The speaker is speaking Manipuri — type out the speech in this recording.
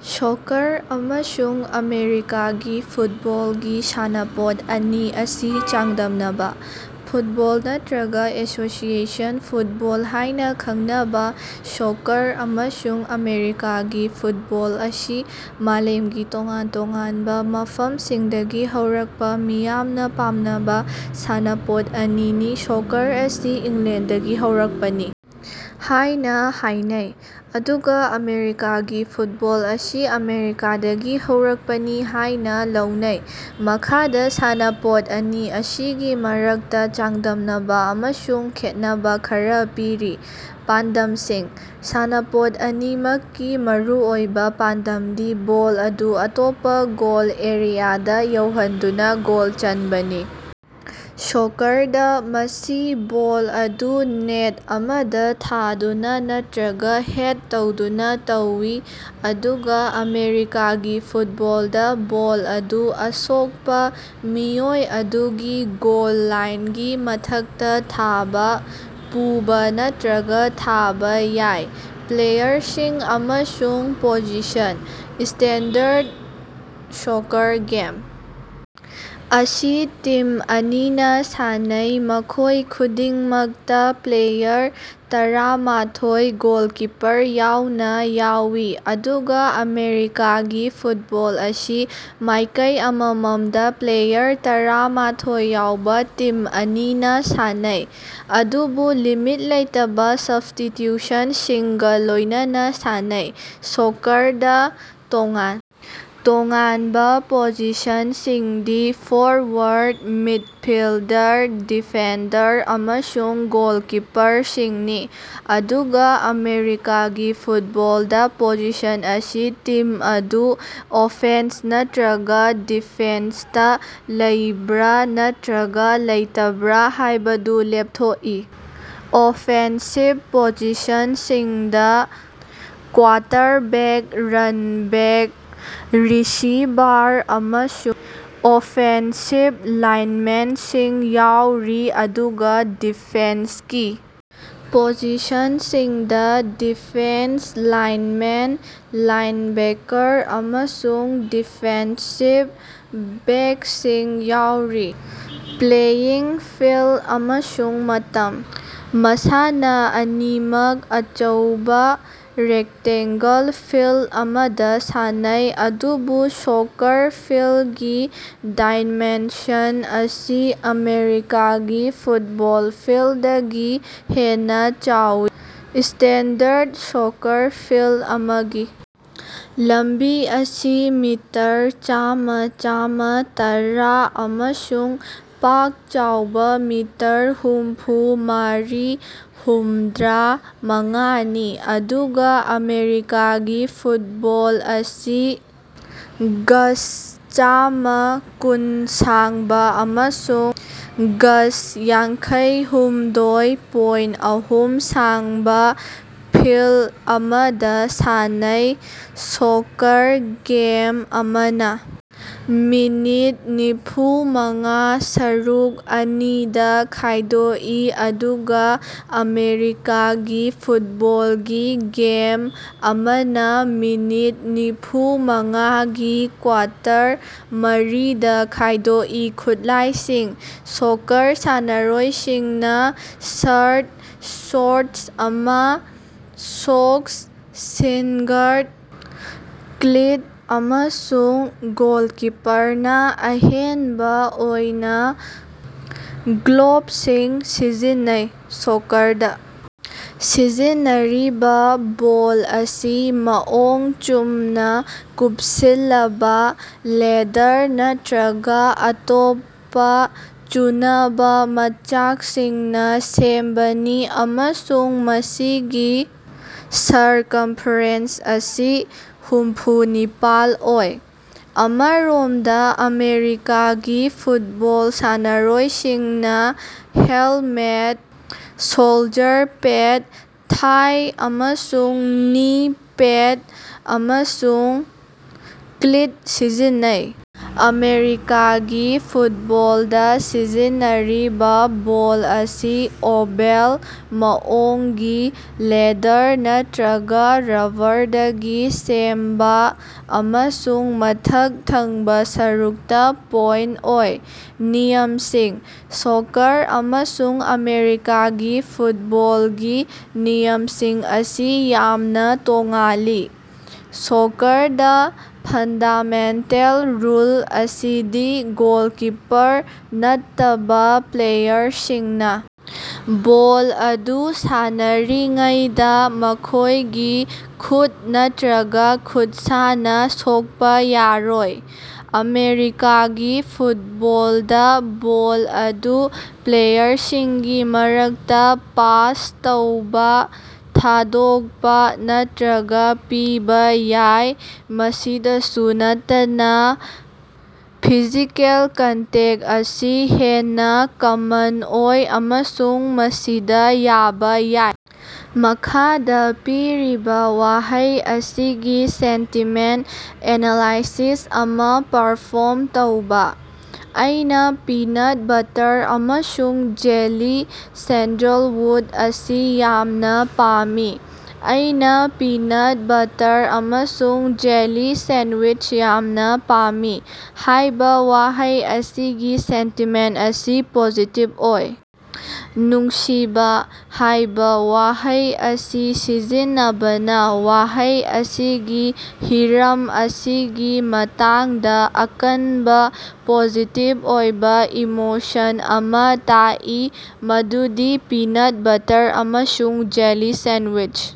ꯁꯣꯀ꯭ꯔ ꯑꯃꯁꯨꯡ ꯑꯃꯦꯔꯤꯀꯥꯒꯤ ꯐꯨꯠꯕꯣꯜꯒꯤ ꯁꯥꯟꯅꯄꯣꯠ ꯑꯅꯤ ꯑꯁꯤ ꯆꯥꯡꯗꯝꯅꯕ ꯫ ꯐꯨꯠꯕꯣꯜ ꯅꯠꯇꯔꯒ ꯑꯦꯁꯣꯁꯤꯑꯦꯁꯟ ꯐꯨꯠꯕꯣꯜ ꯍꯥꯏꯅ ꯈꯪꯅꯕ ꯁꯣꯀ꯭ꯔ ꯑꯃꯁꯨꯡ ꯑꯃꯦꯔꯤꯀꯥꯒꯤ ꯐꯨꯠꯕꯣꯜ ꯑꯁꯤ ꯃꯥꯂꯦꯝꯒꯤ ꯇꯣꯉꯥꯟ ꯇꯣꯉꯥꯟꯕ ꯃꯐꯝꯁꯤꯡꯗꯒꯤ ꯍꯧꯔꯛꯄ ꯃꯤꯌꯥꯝꯅ ꯄꯥꯝꯅꯕ ꯁꯥꯟꯅꯄꯣꯠ ꯑꯅꯤꯅꯤ꯫ ꯁꯣꯀ꯭ꯔ ꯑꯁꯤ ꯏꯪꯂꯦꯟꯗꯒꯤ ꯍꯧꯔꯛꯄꯅꯤ ꯍꯥꯏꯅ ꯍꯥꯏꯅꯩ, ꯑꯗꯨꯒ ꯑꯃꯦꯔꯤꯀꯥꯒꯤ ꯐꯨꯠꯕꯣꯜ ꯑꯁꯤ ꯑꯃꯦꯔꯤꯀꯥꯗꯒꯤ ꯍꯧꯔꯛꯄꯅꯤ ꯍꯥꯏꯅ ꯂꯧꯅꯩ꯫ ꯃꯈꯥꯗꯥ ꯁꯥꯟꯅꯄꯣꯠ ꯑꯅꯤ ꯑꯁꯤꯒꯤ ꯃꯔꯛꯇ ꯆꯥꯡꯗꯝꯅꯕ ꯑꯃꯁꯨꯡ ꯈꯦꯠꯅꯕ ꯈꯔ ꯄꯤꯔꯤ: ꯄꯥꯟꯗꯝꯁꯤꯡ: ꯁꯥꯟꯅꯄꯣꯠ ꯑꯅꯤꯃꯛꯀꯤ ꯃꯔꯨꯑꯣꯏꯕ ꯄꯥꯟꯗꯝꯗꯤ ꯕꯣꯜ ꯑꯗꯨ ꯑꯇꯣꯞꯄ ꯒꯣꯜ ꯑꯦꯔꯤꯌꯥꯗ ꯌꯧꯍꯟꯗꯨꯅ ꯒꯣꯜ ꯆꯟꯅꯕꯅꯤ꯫ ꯁꯣꯀ꯭ꯔꯗ, ꯃꯁꯤ ꯕꯣꯜ ꯑꯗꯨ ꯅꯦꯠ ꯑꯃꯗ ꯊꯥꯗꯨꯅ ꯅꯠꯇꯔꯒ ꯍꯦꯗ ꯇꯧꯗꯨꯅ ꯇꯧꯏ; ꯑꯗꯨꯒ ꯑꯃꯦꯔꯤꯀꯥꯒꯤ ꯐꯨꯠꯕꯣꯜꯗ ꯕꯣꯜ ꯑꯗꯨ ꯑꯁꯣꯛꯄ ꯃꯤꯑꯣꯏ ꯑꯗꯨꯒꯤ ꯒꯣꯜ ꯂꯥꯏꯟꯒꯤ ꯃꯊꯛꯇ ꯊꯥꯕ, ꯄꯨꯕ ꯅꯠꯇꯔꯒ ꯊꯥꯕ ꯌꯥꯏ꯫ ꯄ꯭ꯂꯦꯌꯔꯁꯤꯡ ꯑꯃꯁꯨꯡ ꯄꯣꯖꯤꯁꯟ: ꯁ꯭ꯇꯦꯟꯗꯔꯗ ꯁꯣꯀ꯭ꯔ ꯒꯦꯝ ꯑꯁꯤ ꯇꯤꯝ ꯑꯅꯤꯅ ꯁꯥꯟꯅꯩ, ꯃꯈꯣꯏ ꯈꯨꯗꯤꯡꯃꯛꯇ ꯄ꯭ꯂꯦꯌꯥꯔ ꯇꯔꯥ ꯃꯥꯊꯣꯏ (ꯒꯣꯂꯀꯤꯄ꯭ꯔ ꯌꯥꯎꯅ) ꯌꯥꯎꯏ, ꯑꯗꯨꯒ ꯑꯃꯦꯔꯤꯀꯥꯒꯤ ꯐꯨꯠꯕꯣꯜ ꯑꯁꯤ ꯃꯥꯏꯀꯩ ꯑꯃꯃꯝꯗ ꯄ꯭ꯂꯦꯌꯥꯔ ꯇꯔꯥ ꯃꯥꯊꯣꯏ ꯌꯥꯎꯕ ꯇꯤꯝ ꯑꯅꯤꯅ ꯁꯥꯟꯅꯩ, ꯑꯗꯨꯕꯨ ꯂꯤꯃꯤꯠ ꯂꯩꯇꯕ ꯁꯕ꯭ꯁ꯭ꯇꯤꯇ꯭ꯌꯨꯁꯟꯁꯤꯡꯒ ꯂꯣꯏꯅꯅ ꯁꯥꯟꯅꯩ꯫ ꯁꯣꯀ꯭ꯔꯗ ꯇꯣꯉꯥꯟ ꯇꯣꯉꯥꯟꯕ ꯄꯣꯖꯤꯁꯟꯁꯤꯡꯗꯤ- ꯐ꯭ꯣꯔꯋꯥꯔꯗ, ꯃꯤꯗꯐꯤꯜꯗꯔ, ꯗꯤꯐꯦꯟꯗꯔ ꯑꯃꯁꯨꯡ ꯒꯣꯜꯀꯤꯄꯔꯁꯤꯡꯅꯤ, ꯑꯗꯨꯒ ꯑꯃꯦꯔꯤꯀꯒꯤ ꯐꯨꯠꯕꯣꯜꯗ ꯄꯣꯖꯤꯁꯟ ꯑꯁꯤ ꯇꯤꯝ ꯑꯗꯨ ꯑꯣꯐꯦꯟꯁ ꯅꯠꯇꯔꯒ ꯗꯤꯐꯦꯟꯁꯇ ꯂꯩꯕꯔ ꯅꯠꯇꯔꯒ ꯂꯩꯇꯕꯔ ꯍꯥꯏꯕꯗꯨ ꯂꯦꯞꯊꯣꯛꯏ꯫ ꯑꯣꯐꯦꯟꯁꯤꯚ ꯄꯣꯖꯤꯁꯟꯁꯤꯡꯗ ꯀ꯭ꯋꯥꯇꯔꯕꯦꯛ, ꯔꯟꯕꯦꯛ, ꯔꯤꯁꯤꯚꯥꯔ ꯑꯃꯁꯨꯡ ꯑꯣꯐꯦꯟꯁꯤꯚ ꯂꯥꯏꯟꯃꯦꯟꯁꯤꯡ ꯌꯥꯎꯔꯤ, ꯑꯗꯨꯒ ꯗꯤꯐꯦꯟꯁꯀꯤ ꯄꯣꯖꯤꯁꯟꯁꯤꯡꯗ ꯗꯤꯐꯦꯟꯁ ꯂꯥꯏꯟꯃꯦꯟ, ꯂꯥꯏꯟꯕꯦꯀꯔ ꯑꯃꯁꯨꯡ ꯗꯤꯐꯦꯟꯁꯤꯚ ꯕꯦꯛꯁꯤꯡ ꯌꯥꯎꯔꯤ꯫ ꯄ꯭ꯂꯦꯌꯤꯡ ꯐꯤꯜꯗ ꯑꯃꯁꯨꯡ ꯃꯇꯝ: ꯃꯁꯥꯅ ꯑꯅꯤꯃꯛ ꯑꯆꯧꯕ ꯔꯦꯛꯇꯡꯒꯜ ꯐꯤꯜꯗ ꯑꯃꯗ ꯁꯥꯟꯅꯩ, ꯑꯗꯨꯕꯨ ꯁꯣꯀ꯭ꯔ ꯐꯤꯜꯒꯤ ꯗꯥꯏꯃꯦꯟꯁꯟ ꯑꯁꯤ ꯑꯃꯦꯔꯤꯀꯥꯒꯤ ꯐꯨꯠꯕꯣꯜ ꯐꯤꯜꯗꯗꯒꯤ ꯍꯦꯟꯅ ꯆꯥꯎꯏ꯫ ꯁ꯭ꯇꯦꯟꯗꯔꯗ ꯁꯣꯀ꯭ꯔ ꯐꯤꯜꯗ ꯑꯃꯒꯤ ꯂꯝꯕꯤ ꯑꯁꯤ ꯃꯤꯇꯔ ꯆꯥꯝꯃ- ꯆꯥꯝꯃ ꯇꯔꯥ ꯑꯃꯁꯨꯡ ꯄꯥꯛ ꯆꯥꯎꯕꯥ ꯃꯤꯇꯔ ꯍꯨꯝꯐꯨ ꯃꯥꯔꯤ-ꯍꯨꯝꯗꯔꯥ ꯃꯉꯥꯅꯤ, ꯑꯗꯨꯒꯥ ꯑꯃꯦꯔꯤꯀꯥꯒꯤ ꯐꯨꯠꯕꯣꯜ ꯑꯁꯤ ꯒꯖ ꯆꯥꯝꯃ ꯀꯨꯟ ꯁꯥꯡꯕꯥ ꯑꯃꯁꯨꯡ ꯒꯖ ꯌꯥꯡꯈꯩꯍꯨꯝꯗꯣꯏ ꯄꯣꯏꯟ ꯑꯍꯨꯝ ꯁꯥꯡꯕ ꯐꯤꯜꯗ ꯑꯃꯗ ꯁꯥꯟꯅꯩ꯫ ꯁꯣꯀ꯭ꯔ ꯒꯦꯝ ꯑꯃꯅ ꯃꯤꯅꯤꯠ ꯅꯤꯐꯨ ꯃꯉꯥ ꯁꯔꯨꯛ ꯑꯅꯤꯗ ꯈꯥꯏꯗꯣꯛꯏ ꯑꯗꯨꯒ ꯑꯃꯦꯔꯤꯀꯥꯒꯤ ꯐꯨꯠꯕꯣꯜꯒꯤ ꯒꯦꯝ ꯑꯃꯅ ꯃꯤꯅꯤꯠ ꯅꯤꯐꯨ ꯃꯉꯥꯒꯤ ꯀ꯭ꯋꯥꯔꯇꯔ ꯃꯔꯤꯗ ꯈꯥꯏꯗꯣꯛꯏ꯫ ꯈꯨꯠꯂꯥꯏꯁꯤꯡ: ꯁꯣꯀ꯭ꯔ ꯁꯥꯟꯅꯔꯣꯏꯁꯤꯡꯅ ꯁ꯭ꯔꯠ, ꯁ꯭ꯣꯔꯠꯁ ꯑꯃ, ꯁꯣꯛꯁ, ꯁꯤꯟ ꯒꯥꯔꯗ, ꯀ꯭ꯂꯤꯠ ꯑꯃꯁꯨꯡ ꯒꯣꯜꯀꯤꯄ꯭ꯔꯅ ꯑꯍꯦꯟꯕ ꯑꯣꯏꯅ ꯒ꯭ꯂꯣꯕꯁꯤꯡ ꯁꯤꯖꯤꯟꯅꯩ꯫ ꯁꯣꯀ꯭ꯔꯗ ꯁꯤꯖꯤꯟꯅꯔꯤꯕ ꯕꯣꯜ ꯑꯁꯤ ꯃꯑꯣꯡ ꯆꯨꯝꯅ ꯀꯨꯞꯁꯤꯜꯂꯕ, ꯂꯦꯗꯔ ꯅꯠꯇꯔꯒ ꯑꯇꯣꯞꯄ ꯆꯨꯅꯕ ꯃꯆꯥꯛꯁꯤꯡꯅ ꯁꯦꯝꯕꯅꯤ ꯑꯃꯁꯨꯡ ꯃꯁꯤꯒꯤ ꯁ꯭ꯔꯀꯝꯐꯦꯔꯦꯟꯁ ꯑꯁꯤ ꯍꯨꯝꯐꯨ ꯅꯤꯄꯥꯜ ꯑꯣꯏ꯫ ꯑꯃꯔꯣꯝꯗ ꯑꯃꯦꯔꯤꯀꯥꯒꯤ ꯐꯨꯠꯕꯣꯜ ꯁꯥꯟꯅꯔꯣꯏꯁꯤꯡꯅ ꯍꯦꯜꯃꯦꯠ, ꯁꯣꯜꯖ꯭ꯔ ꯄꯦꯗ, ꯊꯥꯏ ꯑꯃꯁꯨꯡ ꯅꯤ ꯄꯦꯗ, ꯑꯃꯁꯨꯡ ꯀ꯭ꯂꯤꯠ ꯁꯤꯖꯤꯟꯅꯩ꯫ ꯑꯃꯦꯔꯤꯀꯥꯒꯤ ꯐꯨꯠꯕꯣꯜꯗ ꯁꯤꯖꯤꯟꯅꯔꯤꯕ ꯕꯣꯜ ꯑꯁꯤ ꯑꯣꯚꯜ ꯃꯑꯣꯡꯒꯤ, ꯂꯦꯗ꯭ꯔ ꯅꯠꯇꯔꯒ ꯔ꯭ꯕꯕ꯭ꯔꯗꯒꯤ ꯁꯦꯝꯕ ꯑꯃꯁꯨꯡ ꯃꯊꯛ ꯊꯪꯕꯥ ꯁꯔꯨꯛꯇ ꯄꯣꯏꯟꯠ ꯑꯣꯏ꯫ ꯅꯤꯌꯝꯁꯤꯡ: ꯁꯣꯀ꯭ꯔ ꯑꯃꯁꯨꯡ ꯑꯃꯦꯔꯤꯀꯥꯒꯤ ꯐꯨꯠꯕꯣꯜꯒꯤ ꯅꯤꯌꯝꯁꯤꯡ ꯑꯁꯤ ꯌꯥꯝꯅ ꯇꯣꯉꯥꯜꯂꯤ꯫ ꯁꯣꯀ꯭ꯔꯗ, ꯐꯟꯗꯥꯃꯦꯟꯇꯦꯜ ꯔꯨꯜ ꯑꯁꯤꯗꯤ ꯒꯣꯜꯀꯤꯄꯔ ꯅꯠꯇꯕ ꯄ꯭ꯂꯦꯌꯔꯁꯤꯡꯅ ꯕꯣꯜ ꯑꯗꯨ ꯁꯥꯟꯅꯔꯤꯉꯩꯗ ꯃꯈꯣꯏꯒꯤ ꯈꯨꯠ ꯅꯠꯇꯔꯒ ꯈꯨꯠꯁꯥꯅ ꯁꯣꯛꯄ ꯌꯥꯔꯣꯏ꯫ ꯑꯃꯦꯔꯤꯀꯥꯒꯤ ꯐꯨꯠꯕꯣꯜꯗ ꯕꯣꯜ ꯑꯗꯨ ꯄ꯭ꯂꯦꯌ꯭ꯔꯁꯤꯡꯒꯤ ꯃꯔꯛꯇ ꯄꯥꯁ ꯇꯧꯕ, ꯊꯥꯗꯣꯛꯄ ꯅꯠꯇꯔꯒ ꯄꯤꯕꯥ ꯌꯥꯏ꯫ ꯃꯁꯤꯗꯁꯨ ꯅꯠꯇꯅ, ꯐꯤꯖꯤꯀꯦꯜ ꯀꯟꯇꯦꯛ ꯑꯁꯤ ꯍꯦꯟꯅ ꯀꯃꯟ ꯑꯣꯏ ꯑꯃꯁꯨꯡ ꯃꯁꯤꯗ ꯌꯥꯕ ꯌꯥꯏ꯫ ꯃꯈꯥꯗ ꯄꯤꯔꯤꯕ ꯋꯥꯍꯩ ꯑꯁꯤꯒꯤ ꯁꯦꯟꯇꯤꯃꯦꯟꯠ ꯑꯦꯅꯥꯂꯥꯏꯁꯤꯁ ꯑꯃ ꯄ꯭ꯔꯐ꯭ꯣꯔꯝ ꯇꯧꯕ꯫ ꯑꯩꯅ ꯄꯤꯅꯠ ꯕꯠꯇ꯭ꯔ ꯑꯃꯁꯨꯡ ꯖꯦꯂꯤ ꯁꯦꯟꯗꯂꯋꯨꯗ ꯑꯁꯤ ꯌꯥꯝꯅ ꯄꯥꯝꯃꯤ꯫ "ꯑꯩꯅꯥ ꯄꯤꯅꯠ ꯕꯠꯇ꯭ꯔ ꯑꯃꯁꯨꯡ ꯖꯦꯂꯤ ꯁꯦꯟꯋꯤꯆ ꯌꯥꯝꯅ ꯄꯥꯝꯃꯤ" ꯍꯥꯏꯕ ꯋꯥꯍꯩ ꯑꯁꯤꯒꯤ ꯁꯦꯟꯇꯤꯃꯦꯟꯠ ꯑꯁꯤ ꯄꯣꯖꯤꯇꯤꯕ ꯑꯣꯏ꯫ "ꯅꯨꯡꯁꯤꯕꯥ" ꯍꯥꯏꯕ ꯋꯥꯍꯩ ꯑꯁꯤ ꯁꯤꯖꯤꯟꯅꯕꯅ ꯋꯥꯍꯩ ꯑꯁꯤꯒꯤ ꯍꯤꯔꯝ ꯑꯁꯤꯒꯤ ꯃꯇꯥꯡꯗ ꯑꯀꯟꯕ ꯄꯣꯖꯤꯇꯤꯕ ꯑꯣꯏꯕ ꯏꯃꯣꯁꯟ ꯑꯃ ꯇꯥꯛꯏ, ꯃꯗꯨꯗꯤ ꯄꯤꯅꯥꯠ ꯕꯠꯇꯔ ꯑꯃꯁꯨꯡ ꯖꯦꯂꯤ ꯁꯦꯟꯋꯤꯆ꯫